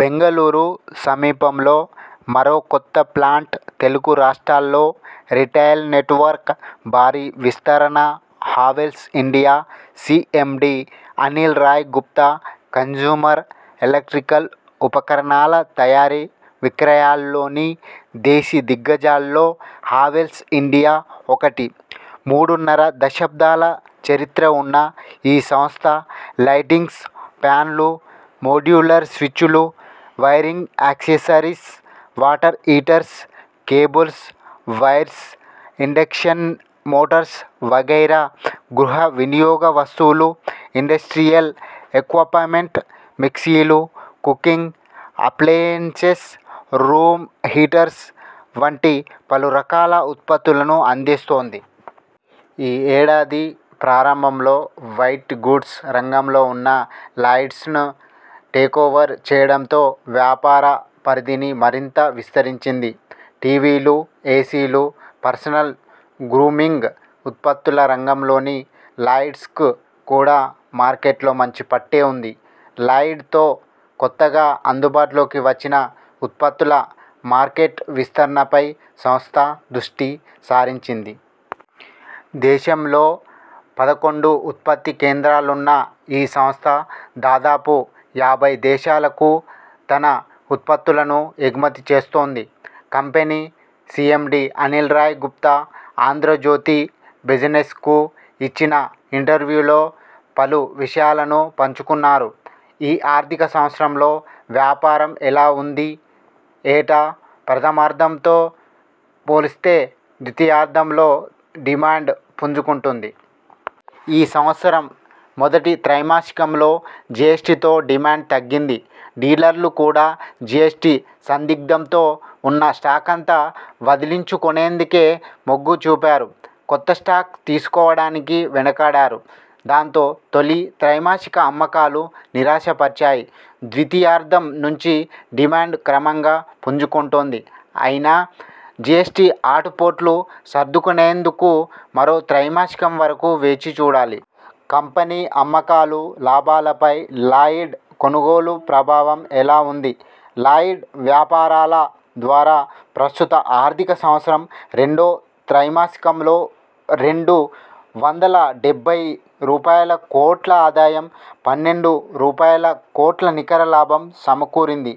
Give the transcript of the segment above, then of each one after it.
బెంగళూరు సమీపంలో మరో కొత్త ప్లాంట్ తెలుగు రాష్ట్రాల్లో రిటైల్ నెట్వర్క్ భారీ విస్తరణ Havells India CMD Anil Rai Gupta consumer electrical ఉపకరణాల తయారీ విక్రయాల్లోని దేశీ దిగ్గ జాల్లో హావెల్స్ ఇండియా ఒకటి. మూడున్నర దశాబ్దాల చరిత్ర ఉన్న ఈ సంస్థ లైటింగ్స్, ఫాన్లు, మోడ్యులర్ స్విచ్లు, wiring accessories, water heaters, cables, wires, induction motors వగైరా గృహ వినియోగ వస్తువులు, ఇండస్ట్రియల్ ఎక్విపమెంట్, మిక్సీలు, కుకింగ్ అప్లయెన్సెస్, రూమ్ హీటర్స్ వంటి పలు రకాల ఉత్పత్తులను అందిస్తోంది. ఈ ఏడాది ప్రారంభంలో వైట్ గూడ్స్ రంగంలో ఉన్న లాయిడ్స్ను టేకోవర్ చేయడంతో వ్యాపార పరిధిని మరింత విస్తరించింది. టీవీలు, ఏసీలు, పర్సనల్ గ్రూమింగ్ ఉత్పత్తుల రంగంలోని లాయిడ్స్కు కూడా మార్కెట్లో మంచి పట్టే ఉంది. లాయిడ్ తో కొత్తగా అందుబాటులోకి వచ్చిన ఉత్పత్తుల మార్కెట్ విస్తరణపై సంస్థ దృష్టి సారించింది. దేశంలో పదకొండు ఉత్పత్తి కేంద్రాలున్న ఈ సంస్థ దాదాపు యాభై దేశాలకు తన ఉత్పత్తులను ఎగమతి చేస్తోంది. కంపెనీ సిఎండి అనిల్ రాయ్ గుప్తా 'ఆంధ్రజ్యోతి బిజినెస్'కు ఇచ్చిన ఇంటర్వ్యూలో పలు విషయాలను పంచుకున్నారు. ఈ ఆర్థిక సంవత్సరంలో వ్యాపారం ఎలా ఉంది? ఏటా ప్రథమార్ధంతో పోలిస్తే ద్వితాయార్ధంలో డిమాండ్ పుంజు కుంటుంది. ఈ సంవత్సరం మొదటి త్రైమాసికంలో జీఎస్టీతో డిమాండ్ తగ్గింది. డీలర్లు కూడా జిఎ్సటి సందిగ్ధంతో ఉన్న స్టాకంతా వదిలించుకునేందుకే మొగ్గు చూపారు. కొత్త స్టాక్ తీసుకోవడానికి వెనుకాడారు. దాంతో తొలి త్రైమాసిక అమ్మకాలు నిరాశపరిచాయి ద్వితీయార్ధం నుంచి డిమాండ్ క్రమంగా పుంజు కుంటోంది. అయినా జిఎ్సటి ఆటు పోట్లు సర్దుకునేందుకు మరో త్రైమాసికం వరకు వేచి చూడాలి. కంపెనీ అమ్మకాలు, లాభాలపై 'లాయిడ్' కొనుగోలు ప్రభావం ఎలా ఉంది? లాయిడ్ వ్యాపారాల ద్వారా ప్రస్తుత ఆర్థిక సంవత్సరం రెండో త్రైమాసికంలో రెండు వందల డెబ్బై రూపాయల కోట్ల ఆదాయం, పన్నెండు రూపాయల కోట్ల నికర లాభం సమకూరింది.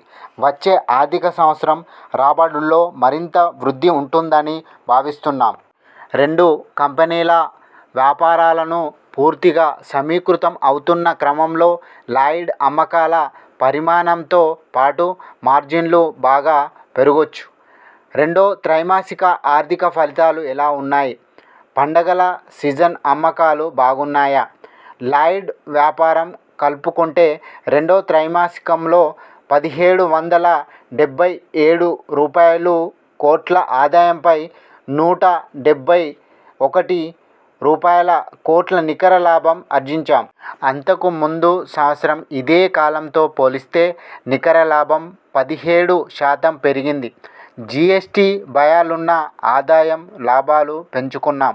వచ్చే ఆర్థిక సంవత్సరం రాబడుల్లో మరింత వృద్ధి ఉంటుందని భావిస్తున్నాం. రెండు కంపెనీల వ్యాపారాలను పూర్తిగా సమీకృతం అవుతున్న క్రమంలో లాయిడ్ అమ్మకాల పరిణామంతో పాటు మార్జిన్లు బాగా పెరగొచ్చు. రెండో త్రైమాసిక ఆర్థిక ఫలితాలు ఎలా ఉన్నాయి? పండగల సీజన్ అమ్మకాలు బాగున్నాయా? లాయిడ్ వ్యాపారం కలుపుకుంటే రెండో త్రైమాసికంలో పదిహేడు వందల డెబ్బై ఏడు రూపాయలుకోట్ల ఆదాయంపై నూట డెబ్బై ఒకటి రూపాయల కోట్ల నికర లాభం ఆర్జించాం. అంతకు ముందు సంవత్సరం ఇదే కాలంతో పోలిస్తే నికర లాభం పదిహేడు శాతం పెరిగింది. జిఎ్సటి భయాలున్నా ఆదాయం, లాభాలు పెంచుకున్నాం.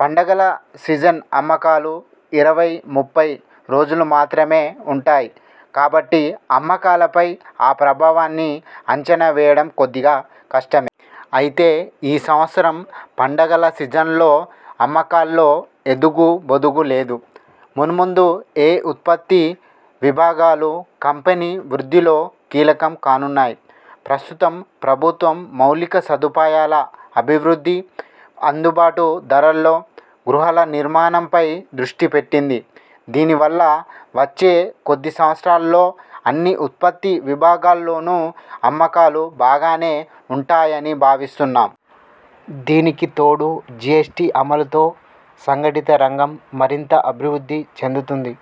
పండగల సీజన్ అమ్మకాలు ఇరవై ముప్పై రోజులు మాత్రమే ఉంటాయి. కాబట్టి అమ్మకాల పై ఆ ప్రభావాన్ని అంచనా వేయడం కొద్దిగా కష్టమే. అయితే ఈ సంవత్సరం పండగల సీజన్లో అమ్మకాల్లో ఎదుగూ బొదుగు లేదు. మున్ముందు ఏ ఉత్పత్తి విభాగాలు కంపెనీ వృద్ధిలో కీలకం కానున్నాయి? ప్రస్తుతం ప్రభుత్వం మౌలిక సదుపాయాల అభివృద్ధి, అందుబాటు ధరల్లో గృహాల నిర్మాణంపై దృష్టి పెట్టింది. దీనివల్ల వచ్చే కొద్ది సంవత్సరాల్లో అన్ని ఉత్పత్తి విభాగాల్లోనూ అమ్మకాలు బాగానే ఉంటాయని భావిస్తున్నాం. దీనికి తోడు జిఎ్సటి అమలుతో సంఘటిత రంగం మరింత అభివృద్ధి చెందుతుంది.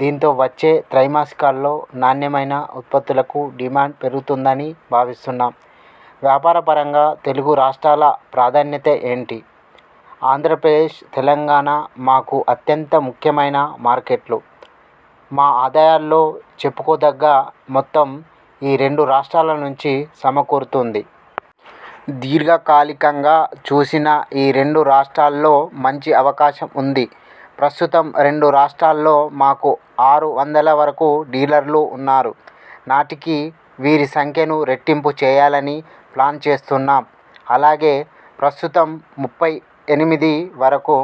దీంతో వచ్చే త్రైమాసికాల్లో నాణ్యమైన ఉత్పత్తులకు డిమాండ్ పెరుగుతుందని భావిస్తున్నాం. వ్యాపారపరంగా తెలుగు రాష్ట్రాల ప్రాధాన్యత ఏంటి? ఆంధ్రప్రదేశ్, తెలంగాణ మాకు అత్యంత ముఖ్యమైన మార్కెట్లు. మా ఆదాయంలో చెప్పుకోదగ్గ మొత్తం ఈ రెండు రాష్ట్రాల నుంచి సమకూరుతోంది. దీర్ఘ కాలికంగా చూసినా, ఈ రెండు రాష్ట్రాల్లో మంచి అవకాశం ఉంది. ప్రస్తుతం రెండు రాష్ట్రాల్లో మాకు ఆరు వందల వరకు డీలర్లు ఉన్నారు. నాటికి వీరి సంఖ్యను రెట్టింపు చేయాలని ప్లాన్ చేస్తున్నాం. అలాగే ప్రస్తుతం ముప్పై ఎనిమిది వరకు